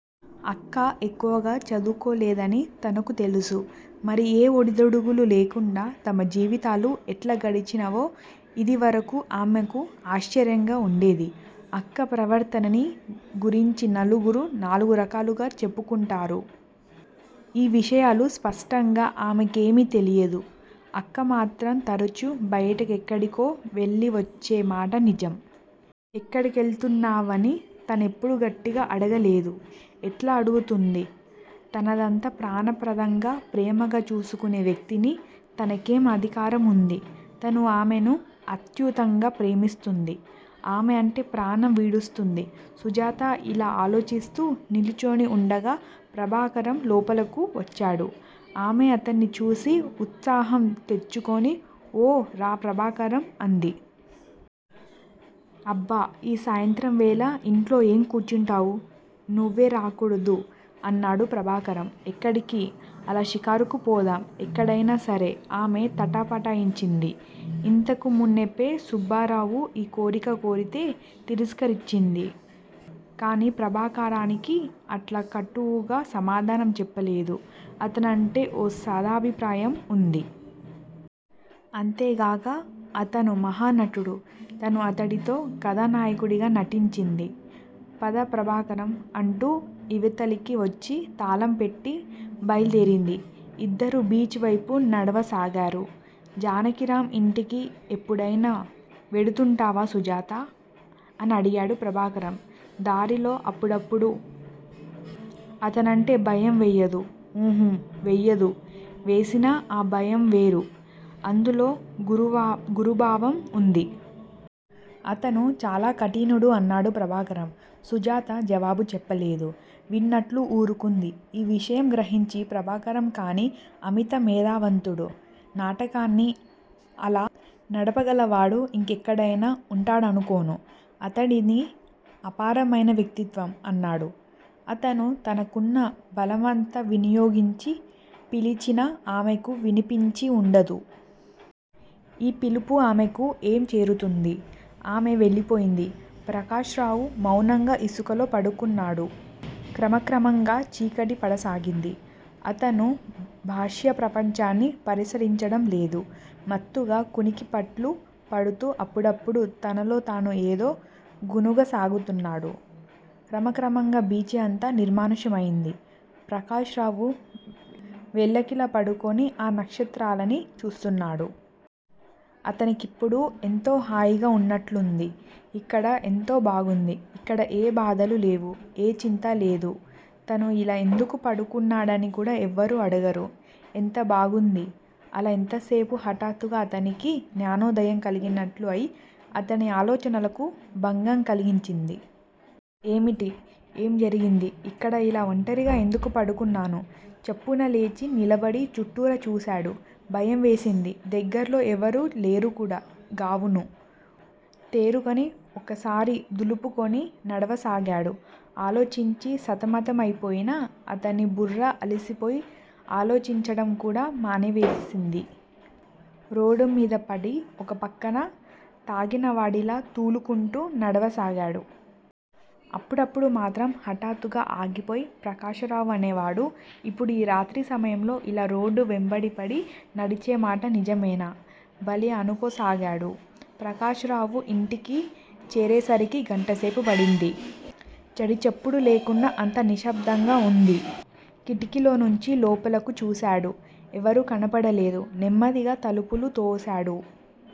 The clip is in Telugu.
అక్క ఎక్కువగా చదువుకోలేదని తనకు తెలుసు. మరి ఏ ఒడిదుడుకులూ లేకుండా తమ జీవితాలు ఎట్లా గడిచినవో యిదివరకు ఆమెకు ఆశ్చర్యంగా వుండేది. అక్క ప్రవర్తనని గురించి నలుగురూ నాలుగురకాలుగా చెప్పుకుంటారు. ఈ విషయాలు స్పష్టంగా ఆమెకేమీ తెలియదు. అక్కమాత్రం తరచూ బయటెక్కడికో వెళ్ళివచ్చే మాట నిజం. ఎక్కడికెళుతున్నావని తనెప్పుడూ గట్టిగా అడగలేదు. ఎట్లా అడుగుతుంది? తననంత ప్రాణప్రదంగా, ప్రేమగా చూసుకునే వ్యక్తిని, తనకేం అధికారం వుంది? తను ఆమెను అత్యంతంగా ప్రేమిస్తుంది. ఆమె అంటే ప్రాణం విడుస్తుంది. సుజాత ఇలా ఆలోచిస్తూ నిలుచుని వుండగా ప్రభాకరం లోపలకు వచ్చాడు. ఆమె అతన్ని చూసి ఉత్సాహం తెచ్చుకుని, 'ఓ, రా ప్రభాకరం' అంది. అబ్బ! ఈ సాయంత్రంవేళ యింట్లో ఏం కూర్చుంటావు? నువ్వే రాకూడదూ? అన్నాడు ప్రభాకరం. ఎక్కడికి? అలా షికారుకు పోదాం. ఎక్కడకైనా సరే. ఆమె తటపాటాయించింది. ఇంతకుమునుపే సుబ్బారావు ఈ కోరిక కోరితే తిరస్కరించింది. కానీ ప్రభాకరానికి అట్లా కటువుగా సమాధానం చెప్పలేదు. అతనంటే ఓ సదభిప్రాయం వుంది. అంతేగాక అతను మహానటుడు. తను అతనితో కధానాయకిగా నటించింది. పద ప్రభాకరం అంటూ ఇవతలికి వచ్చి, తాళంపెట్టి బయల్దేరింది. ఇద్దరూ బీచ్ వైపు నడవసాగారు. జానకిరాం ఇంటికి ఎపుడైనా వెడుతుంటావా సుజాతా? అనడిగాడు ప్రభాకరం దారిలో. అప్పుడప్పుడూ. అతనంటే భయం వేయదూ? ఉహూ, వెయ్యదు. వేసినా ఆ భయంవేరు అందులో గురుభావం వుంది. అతను చాలా కఠినుడు అన్నాడు ప్రభాకరం. సుజాత జవాబు చెప్పలేదు. విననట్లు ఊరుకుంది. ఈ విషయం గ్రహించి ప్రభాకరం కానీ అమిత మేధావంతుడు. నాటకాన్ని అలా నడపగలవాడు యింకెక్కడైనా వుంటాడనుకోను. అతనిది అపారమైన వ్యక్తిత్వం. అన్నాడు. అతను తనకున్న బలమంతా వినియోగించి పిలిచినా ఆమెకు వినిపించి వుండదు. యీ పిలుపు ఆమెకు ఏం చేరుతుంది? ఆమె వెళ్ళిపోయింది. ప్రకాశరావు మౌనంగా ఇసుకలో పడుకొన్నాడు. క్రమక్రమంగా చీకటి పడసాగింది. అతను బాహ్య ప్రపంచాన్ని పరిశీలించటం లేదు. మత్తుగా కునికిపాట్లు పడుతూ అప్పుడప్పుడూ తనలోతాను ఏదో గొణుగుకోసాగాడు. క్రమక్రమంగా బీచి అంతా నిర్మానుష్యంమైంది. ప్రకాశరావు వెల్లకిలా పడుకొని ఆ నక్షత్రాలని చూస్తున్నాడు. అతనికిప్పుడు ఎంతో హాయిగా వున్నట్లుంది. ఇక్కడ యెంత బాగుంది? ఇక్కడ ఏ బాధలూ లేవు. ఏ చింతా లేదు. తను ఇలా యెందుకు పడుకున్నాడని కూడా ఎవరూ అడగరు. ఎంత బాగుంది? అలా యెంతసేపు? హఠాత్తుగా అతనికి జ్ఞానోదయం కలిగినట్లు అయి అతని ఆలోచనలకు భంగం కలిగించింది. ఏమిటి? ఏం జరిగింది? ఇక్కడ ఇలా ఒంటరిగా యెందుకు పడుకున్నాను. చప్పున లేచి నిలబడి చుట్టూరా చూశాడు. భయం వేసింది. దగ్గరలో ఎవరూ లేరుకూడా గావును. తేరుకుని ఒకసారి దులుపుకొని నడవసాగాడు. ఆలోచించి సతమతమైపోయిన అతని బుర్ర అలసిపోయి ఆలోచించటం కూడా మానివేసింది. రోడ్డుమీదపడి ఒక ప్రక్కగా తాగినవాడిలా తూలుకుంటూ నడవసాగాడు. అప్పుడప్పుడూ మాత్రం హఠాత్తుగా ఆగిపోయి ప్రకాశరావు అనేవాడు యిప్పుడు ఈ రాత్రి సమయంలో ఇలా రోడ్డు వెంబడిపడి నడిచేమాట నిజమేనా? భలే అనుకోసాగాడు. ప్రకాశరావు ఇంటికి చేరేసరికి గంటసేపు పట్టింది. చడీచప్పుడూ లేకుండా అంతా నిశ్శబ్దంగా వుంది. కిటికీలోంచి లోపలకు చూశాడు. ఎవరూ కనబడలేదు. నెమ్మదిగా తలుపులు తోశాడు.